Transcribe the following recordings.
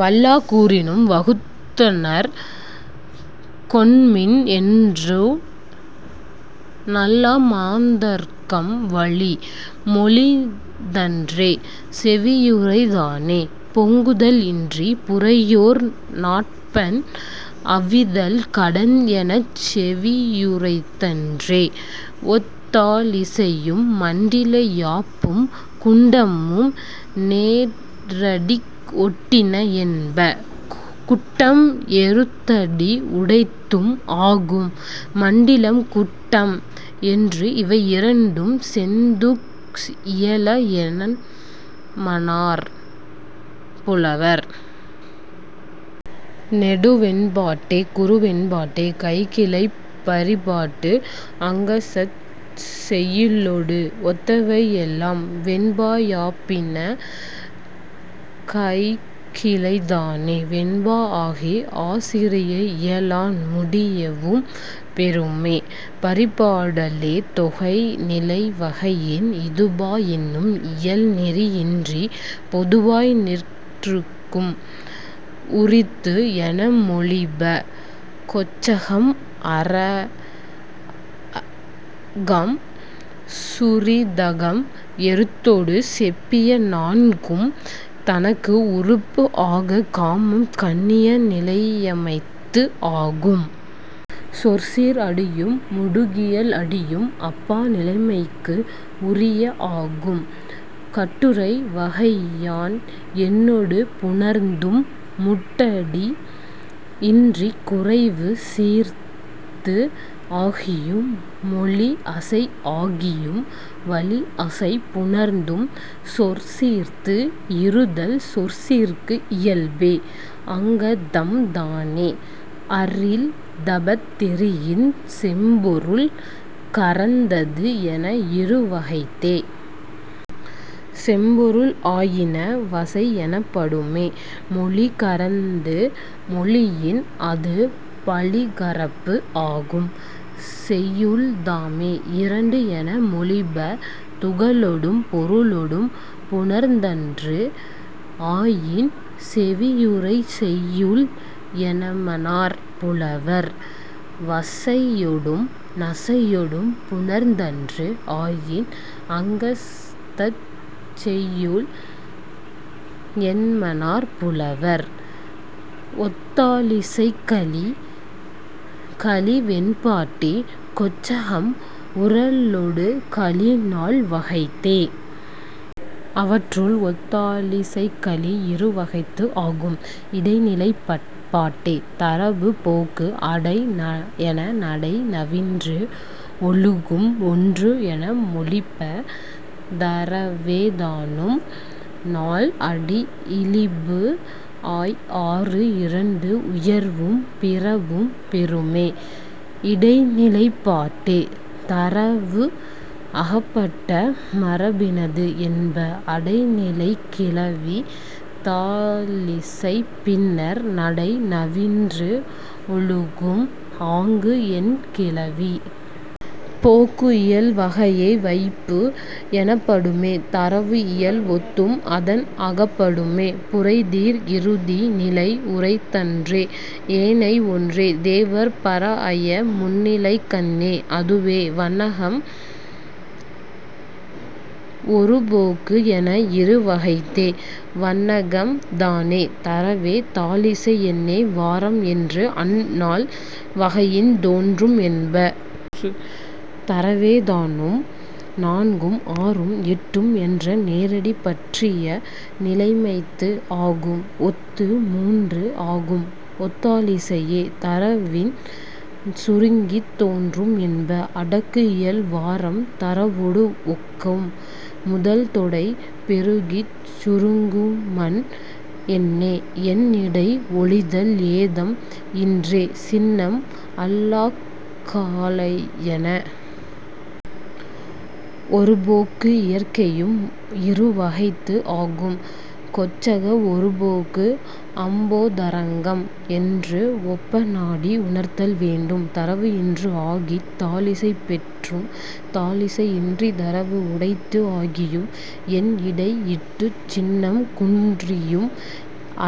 வல்லா கூறினும் வகுத்தனர் கொண்மின் என்று நல்லா மாந்தர்க்கும் வழி மொழிந்தன்றே. செவியுறைதானே, பொங்குதல் இன்றி புரையோர் நாப்பண் அவிதல் கடன் எனச் செவியுறுத்தன்றே. ஒத்தாழிசையும் மண்டில யாப்பும் குட்டமும் நேரடிக்கு ஒட்டின என்ப. குட்டம் எருத்தடி உடைத்தும் ஆகும். மண்டிலம் குட்டம் என்று இவை இரண்டும் செந்தூக்கு இயல என்மனார் புலவர். நெடுவெண்பாட்டே குறுவெண்பாட்டே கைக்கிளை பரிபாட்டு அங்கதச் செய்யுளொடு ஒத்தவை எல்லாம் வெண்பா யாப்பின. கைக்கிளைதானே வெண்பா ஆகி ஆசிரிய இயலான் முடியவும் பெறுமே. பரிபாடல்லே தொகை நிலை வகையின் இது பா என்னும் இயல் நெறி இன்றி பொதுவாய் நிற்றற்கும் உரித்து என மொழிப. கொச்சகம் அராகம் சுரிதகம் எருத்தொடு செப்பிய நான்கும் தனக்கு உறுப்பு ஆக காமம் கண்ணிய நிலைமைத்து ஆகும். சொற்சீர் அடியும் முடுகியல் அடியும் அப் பா நிலைமைக்கு உரிய ஆகும். கட்டுரை வகையான் எண்ணொடு புணர்ந்தும் முட்டடி இன்றிக் குறைவு சீர்த்து ஆகியும் மொழி அசை ஆகியும் வழி அசை புணர்ந்தும் சொற்சீர்த்து இறுதல் சொற்சீர்க்கு இயல்பே. அங்கதம்தானே அரில் தபத் தெரியின் செம்பொருள் கரந்தது என இரு வகைத்தே. செம்பொருள் ஆயின வசை எனப்படுமே. மொழி கரந்து மொழியின் அது பழிகரப்பு ஆகும். செய்யுள்தாமே இரண்டு என மொழிப. துகளொடும் பொருளொடும் புணர்ந்தன்று ஆயின் செவியுறைச் செய்யுள் என்மனார் புலவர். வசையொடும் நசையொடும் புணர்ந்தன்று ஆயின் அங்கதச் செய்யுள் என்மனார் புலவர். ஒத்தாழிசைக்கலி கலிவெண்பாட்டே கொச்சகம் உறழொடு கலி நால் வகைத்தே. அவற்றுள், ஒத்தாழிசைக்கலி இரு வகைத்து ஆகும். இடைநிலைப்பாட்டே தரவு போக்கு அடை என நடை நவின்று ஒழுகும் ஒன்று என மொழிப. தரவேதானும் நால் அடி இழிபு ஆய் ஆறு இரண்டு உயர்வும் பிறவும் பெறுமே. இடைநிலைப்பாட்டே, தரவு அகப்பட்ட மரபினது என்ப. அடை நிலைக் கிளவி தாழிசைப் பின்னர் நடை நவின்று ஒழுகும் ஆங்கு என் கிளவி. போக்கு இயல் வகையே வைப்பு எனப்படுமே தரவு இயல் ஒத்தும் அதன் அகப்படுமே புரை தீர் இறுதி நிலை உரைத்தன்றே. ஏனை ஒன்றே, தேவர்ப் பராஅய முன்னிலைக்கண்ணே. அதுவே, வண்ணகம் ஒருபோகு என இரு வகைத்தே. வண்ணகம்தானே, தரவே தாழிசை எண்ணே வாரம் என்று அந் நால் வகையின் தோன்றும் என்ப. தரவேதானும், நான்கும் ஆறும் எட்டும் என்ற நேரடி பற்றிய நிலைமைத்து ஆகும். ஒத்து மூன்று ஆகும் ஒத்தாழிசையே தரவின் சுருங்கித் தோன்றும் என்ப. அடக்கு இயல் வாரம் தரவொடு ஒக்கும். முதல் தொடை பெருகிச் சுருங்குமன் எண்ணே. எண் இடை ஒழிதல் ஏதம் இன்றே சின்னம் அல்லாக் காலையன. ஒருபோகு இயற்கையும் இரு வகைத்து ஆகும். கொச்சக ஒருபோகு அம்போதரங்கம் என்று ஒப்ப நாடி உணர்தல் வேண்டும். தரவு இன்று ஆகித் தாழிசை பெற்றும் தாழிசை இன்றித் தரவு உடைத்து ஆகியும் எண் இடை இட்டுச் சின்னம் குன்றியும்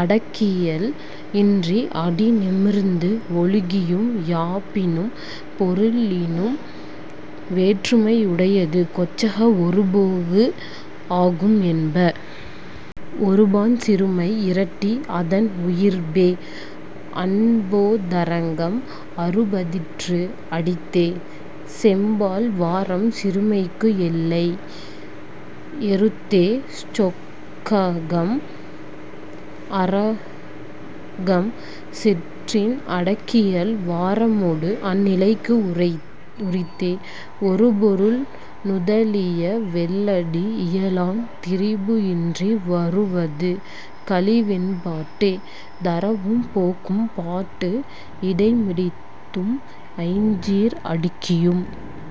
அடக்கியல் இன்றி அடி நிமிர்ந்து ஒழுகியும் யாப்பினும் பொருளினும் வேற்றுமை உடையது கொச்சக ஒருபோகு ஆகும் என்ப. ஒருபான் சிறுமை இரட்டி அதன் உயர்பே. அம்போதரங்கம் அறுபதிற்று அடித்தே செம்பால் வாரம் சிறுமைக்கு எல்லை. எருத்தே கொச்சகம் அராகம் சிற்றெண் அடக்கியல் வாரமொடு அந் நிலைக்கு உரித்தே. ஒரு பொருள் நுதலிய வெள்ளடி இயலான் திரிபு இன்றி வருவது கலிவெண்பாட்டே. தரவும் போக்கும் பாட்டு இடை மிடைந்தும் ஐஞ் சீர் அடுக்கியும்